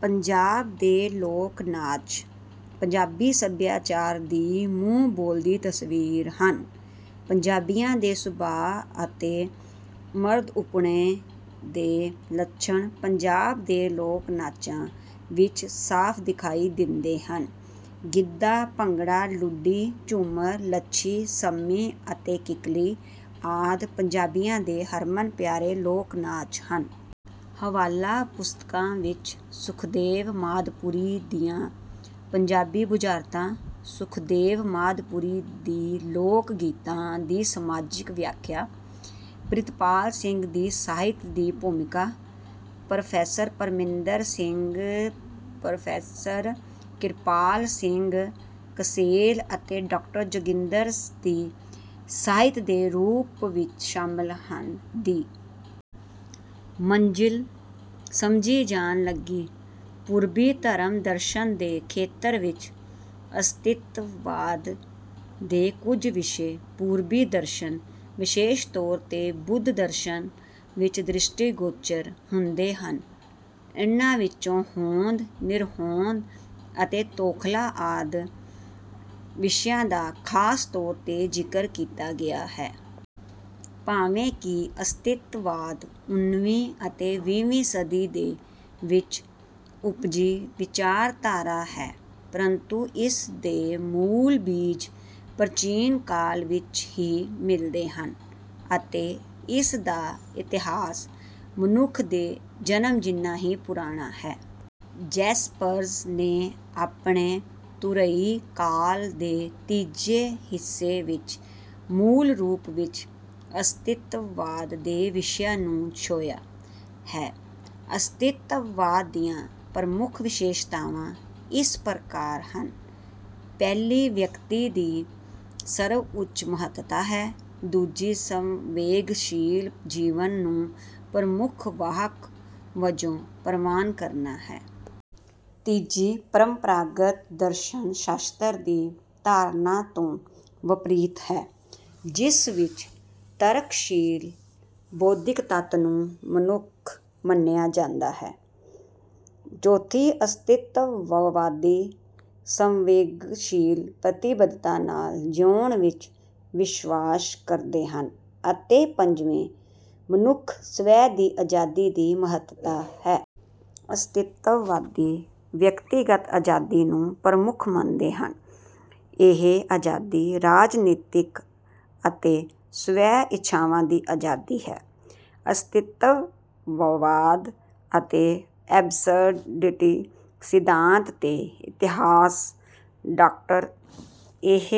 ਪੰਜਾਬ ਦੇ ਲੋਕ ਨਾਚ ਪੰਜਾਬੀ ਸੱਭਿਆਚਾਰ ਦੀ ਮੂੰਹ ਬੋਲਦੀ ਤਸਵੀਰ ਹਨ। ਪੰਜਾਬੀਆਂ ਦੇ ਸੁਭਾਅ ਅਤੇ ਮਰਦਉਪਣੇ ਦੇ ਲੱਛਣ ਪੰਜਾਬ ਦੇ ਲੋਕ ਨਾਚਾਂ ਵਿੱਚ ਸਾਫ਼ ਦਿਖਾਈ ਦਿੰਦੇ ਹਨ। ਗਿੱਧਾ, ਭੰਗੜਾ, ਲੁੱਡੀ, ਝੂੰਮਰ, ਲੱਛੀ, ਸੰਮੀ ਅਤੇ ਕਿੱਕਲੀ ਆਦਿ ਪੰਜਾਬੀਆਂ ਦੇ ਹਰਮਨ ਪਿਆਰੇ ਲੋਕ ਨਾਚ ਹਨ। ਹਵਾਲਾ ਪੁਸਤਕਾਂ ਵਿੱਚ ਸੁਖਦੇਵ ਮਾਦਪੁਰੀ ਦੀਆਂ ਪੰਜਾਬੀ ਬੁਝਾਰਤਾਂ, ਸੁਖਦੇਵ ਮਾਦਪੁਰੀ ਦੀ ਲੋਕ ਗੀਤਾਂ ਦੀ ਸਮਾਜਿਕ ਵਿਆਖਿਆ, ਪ੍ਰਿਤਪਾਲ ਸਿੰਘ ਦੀ ਸਾਹਿਤ ਦੀ ਭੂਮਿਕਾ, ਪ੍ਰੋਫੈਸਰ ਪ੍ਰਮਿੰਦਰ ਸਿੰਘ, ਪ੍ਰੋਫੈਸਰ ਕਿਰਪਾਲ ਸਿੰਘ ਕਸੇਲ ਅਤੇ ਡਾਕਟਰ ਜੋਗਿੰਦਰ ਦੀ ਸਾਹਿਤ ਦੇ ਰੂਪ ਸ਼ਾਮਲ ਹਨ। ਦੀ ਮੰਜ਼ਿਲ ਸਮਝੀ ਜਾਣ ਲੱਗੀ। ਪੂਰਬੀ ਧਰਮ ਦਰਸ਼ਨ ਦੇ ਖੇਤਰ ਵਿੱਚ ਅਸਤਿਤਵਾਦ ਦੇ ਕੁਝ ਵਿਸ਼ੇ ਪੂਰਬੀ ਦਰਸ਼ਨ, ਵਿਸ਼ੇਸ਼ ਤੌਰ ਤੇ ਬੁੱਧ ਦਰਸ਼ਨ ਵਿੱਚ ਦ੍ਰਿਸ਼ਟੀਗੋਚਰ ਹੁੰਦੇ ਹਨ। ਇਨ੍ਹਾਂ ਵਿੱਚੋਂ ਹੋਂਦ, ਨਿਰਹੋਂਦ ਅਤੇ ਤੌਖਲਾ ਆਦਿ ਵਿਸ਼ਿਆਂ ਦਾ ਖਾਸ ਤੌਰ ਤੇ ਜ਼ਿਕਰ ਕੀਤਾ ਗਿਆ ਹੈ। ਭਾਵੇਂ ਕਿ ਅਸਤਿਤਵਾਦ ਉੱਨੀਵੀਂ ਅਤੇ ਵੀਹਵੀਂ ਸਦੀ ਦੇ ਵਿੱਚ ਉਪਜੀ ਵਿਚਾਰਧਾਰਾ ਹੈ, ਪਰੰਤੂ ਇਸ ਦੇ ਮੂਲ ਬੀਜ ਪ੍ਰਾਚੀਨ ਕਾਲ ਵਿੱਚ ਹੀ ਮਿਲਦੇ ਹਨ। ਅਤੇ ਇਸ ਦਾ ਇਤਿਹਾਸ ਮਨੁੱਖ ਦੇ ਜਨਮ ਜਿੰਨਾ ਹੀ ਪੁਰਾਣਾ ਹੈ। ਜੈਸਪਰਜ਼ ਨੇ ਆਪਣੇ ਧੁਰਈ ਕਾਲ ਦੇ ਤੀਜੇ ਹਿੱਸੇ ਵਿੱਚ ਮੂਲ ਰੂਪ ਵਿੱਚ ਅਸਤਿਤਵਾਦ ਦੇ ਵਿਸ਼ਿਆਂ ਨੂੰ ਛੋਹਿਆ ਹੈ। ਅਸਤਿਤਵਾਦ ਦੀਆਂ ਪ੍ਰਮੁੱਖ ਵਿਸ਼ੇਸ਼ਤਾਵਾਂ ਇਸ ਪ੍ਰਕਾਰ ਹਨ। ਪਹਿਲੀ ਵਿਅਕਤੀ ਦੀ ਸਰਵ ਉੱਚ ਮਹੱਤਤਾ ਹੈ। ਦੂਜੀ ਸੰਵੇਗਸ਼ੀਲ ਜੀਵਨ ਨੂੰ ਪ੍ਰਮੁੱਖ ਵਾਹਕ ਵਜੋਂ ਪ੍ਰਵਾਨ ਕਰਨਾ ਹੈ। ਤੀਜੀ ਪਰੰਪਰਾਗਤ ਦਰਸ਼ਨ ਸ਼ਾਸਤਰ ਦੀ ਧਾਰਨਾ ਤੋਂ ਵਿਪਰੀਤ ਹੈ, ਜਿਸ ਵਿੱਚ ਤਰਕਸ਼ੀਲ ਬੌਧਿਕ ਤੱਤ ਨੂੰ ਮਨੁੱਖ ਮੰਨਿਆ ਜਾਂਦਾ ਹੈ। ਚੌਥੀ ਅਸਤਿਤਵਵਾਦੀ ਸੰਵੇਗਸ਼ੀਲ ਪ੍ਰਤੀਬੱਧਤਾ ਨਾਲ ਜਿਊਣ ਵਿੱਚ ਵਿਸ਼ਵਾਸ ਕਰਦੇ ਹਨ। ਅਤੇ ਪੰਜਵੀਂ ਮਨੁੱਖ ਸਵੈ ਦੀ ਆਜ਼ਾਦੀ ਦੀ ਮਹੱਤਤਾ ਹੈ। ਅਸਤਿਤਵਵਾਦੀ ਵਿਅਕਤੀਗਤ ਆਜ਼ਾਦੀ ਨੂੰ ਪ੍ਰਮੁੱਖ ਮੰਨਦੇ ਹਨ। ਇਹ ਆਜ਼ਾਦੀ ਰਾਜਨੀਤਿਕ ਅਤੇ ਸਵੈ ਇੱਛਾਵਾਂ ਦੀ ਆਜ਼ਾਦੀ ਹੈ। ਅਸਤਿਤਵਵਾਦ ਅਤੇ ਐਬਸਰਡਿਟੀ ਸਿਧਾਂਤ ਤੇ ਇਤਿਹਾਸ, ਡਾਕਟਰ ਇਹ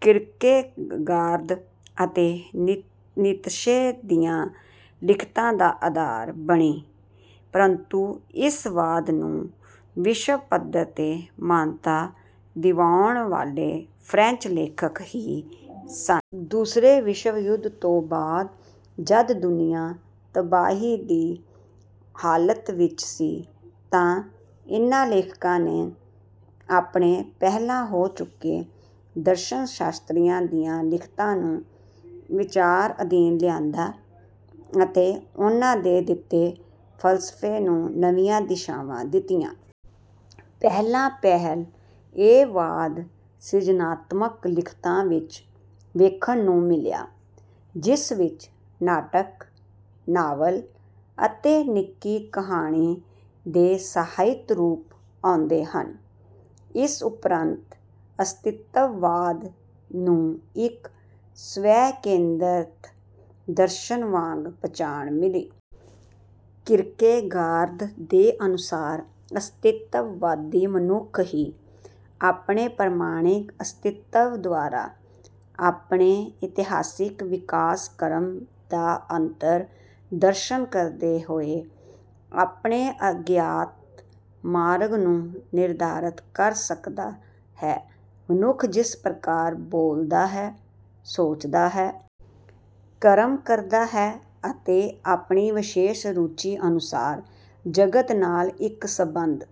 ਕਿਰਕੇਗਾਰਦ ਅਤੇ ਨੀਤਸ਼ੇ ਦੀਆਂ ਲਿਖਤਾਂ ਦਾ ਆਧਾਰ ਬਣੀ। ਪਰੰਤੂ ਇਸ ਵਾਦ ਨੂੰ ਵਿਸ਼ਵ ਪੱਧਰ ਤੇ ਮਾਨਤਾ ਦਿਵਾਉਣ ਵਾਲੇ ਫਰੈਂਚ ਲੇਖਕ ਹੀ ਸਨ। ਦੂਸਰੇ ਵਿਸ਼ਵ ਯੁੱਧ ਤੋਂ ਬਾਅਦ ਜਦ ਦੁਨੀਆ ਤਬਾਹੀ ਦੀ ਹਾਲਤ ਵਿੱਚ ਸੀ, ਤਾਂ ਇਨ੍ਹਾਂ ਲੇਖਕਾਂ ਨੇ ਆਪਣੇ ਪਹਿਲਾਂ ਹੋ ਚੁੱਕੇ ਦਰਸ਼ਨ ਸ਼ਾਸਤਰੀਆਂ ਦੀਆਂ ਲਿਖਤਾਂ ਨੂੰ ਵਿਚਾਰ ਅਧੀਨ ਲਿਆਂਦਾ, ਅਤੇ ਉਨ੍ਹਾਂ ਦੇ ਦਿੱਤੇ ਫਲਸਫੇ ਨੂੰ ਨਵੀਆਂ ਦਿਸ਼ਾਵਾਂ ਦਿੱਤੀਆਂ। ਪਹਿਲਾਂ ਪਹਿਲ ਇਹ ਵਾਦ ਸਿਰਜਨਾਤਮਕ ਲਿਖਤਾਂ ਵਿੱਚ ਵੇਖਣ ਨੂੰ ਮਿਲਿਆ, ਜਿਸ ਵਿੱਚ ਨਾਟਕ, ਨਾਵਲ ਅਤੇ ਨਿੱਕੀ ਕਹਾਣੀ ਦੇ ਸਾਹਿਤ ਰੂਪ ਆਉਂਦੇ ਹਨ। ਇਸ ਉਪਰੰਤ ਅਸਤਿਤਵਵਾਦ ਨੂੰ ਇੱਕ ਸਵੈ ਕੇਂਦਰਤ ਦਰਸ਼ਨ ਵਾਂਗ ਪਛਾਣ ਮਿਲੀ। ਕਿਰਕੇਗਾਰਦ ਦੇ ਅਨੁਸਾਰ ਅਸਤਿਤਵਾਦੀ ਮਨੁੱਖ ਹੀ ਆਪਣੇ ਪ੍ਰਮਾਣਕ ਅਸਤਿਤਵ ਦੁਆਰਾ, ਆਪਣੇ ਇਤਿਹਾਸਕ ਵਿਕਾਸਕ੍ਰਮ ਦਾ ਅੰਤਰ ਦਰਸ਼ਨ ਕਰਦੇ ਹੋਏ, ਆਪਣੇ ਅਗਿਆਤ ਮਾਰਗ ਨੂੰ ਨਿਰਧਾਰਤ ਕਰ ਸਕਦਾ ਹੈ। ਮਨੁੱਖ ਜਿਸ ਪ੍ਰਕਾਰ ਬੋਲਦਾ ਹੈ, ਸੋਚਦਾ ਹੈ, ਕਰਮ ਕਰਦਾ ਹੈ ਅਤੇ ਆਪਣੀ ਵਿਸ਼ੇਸ਼ ਰੁਚੀ ਅਨੁਸਾਰ ਜਗਤ ਨਾਲ ਇੱਕ ਸੰਬੰਧ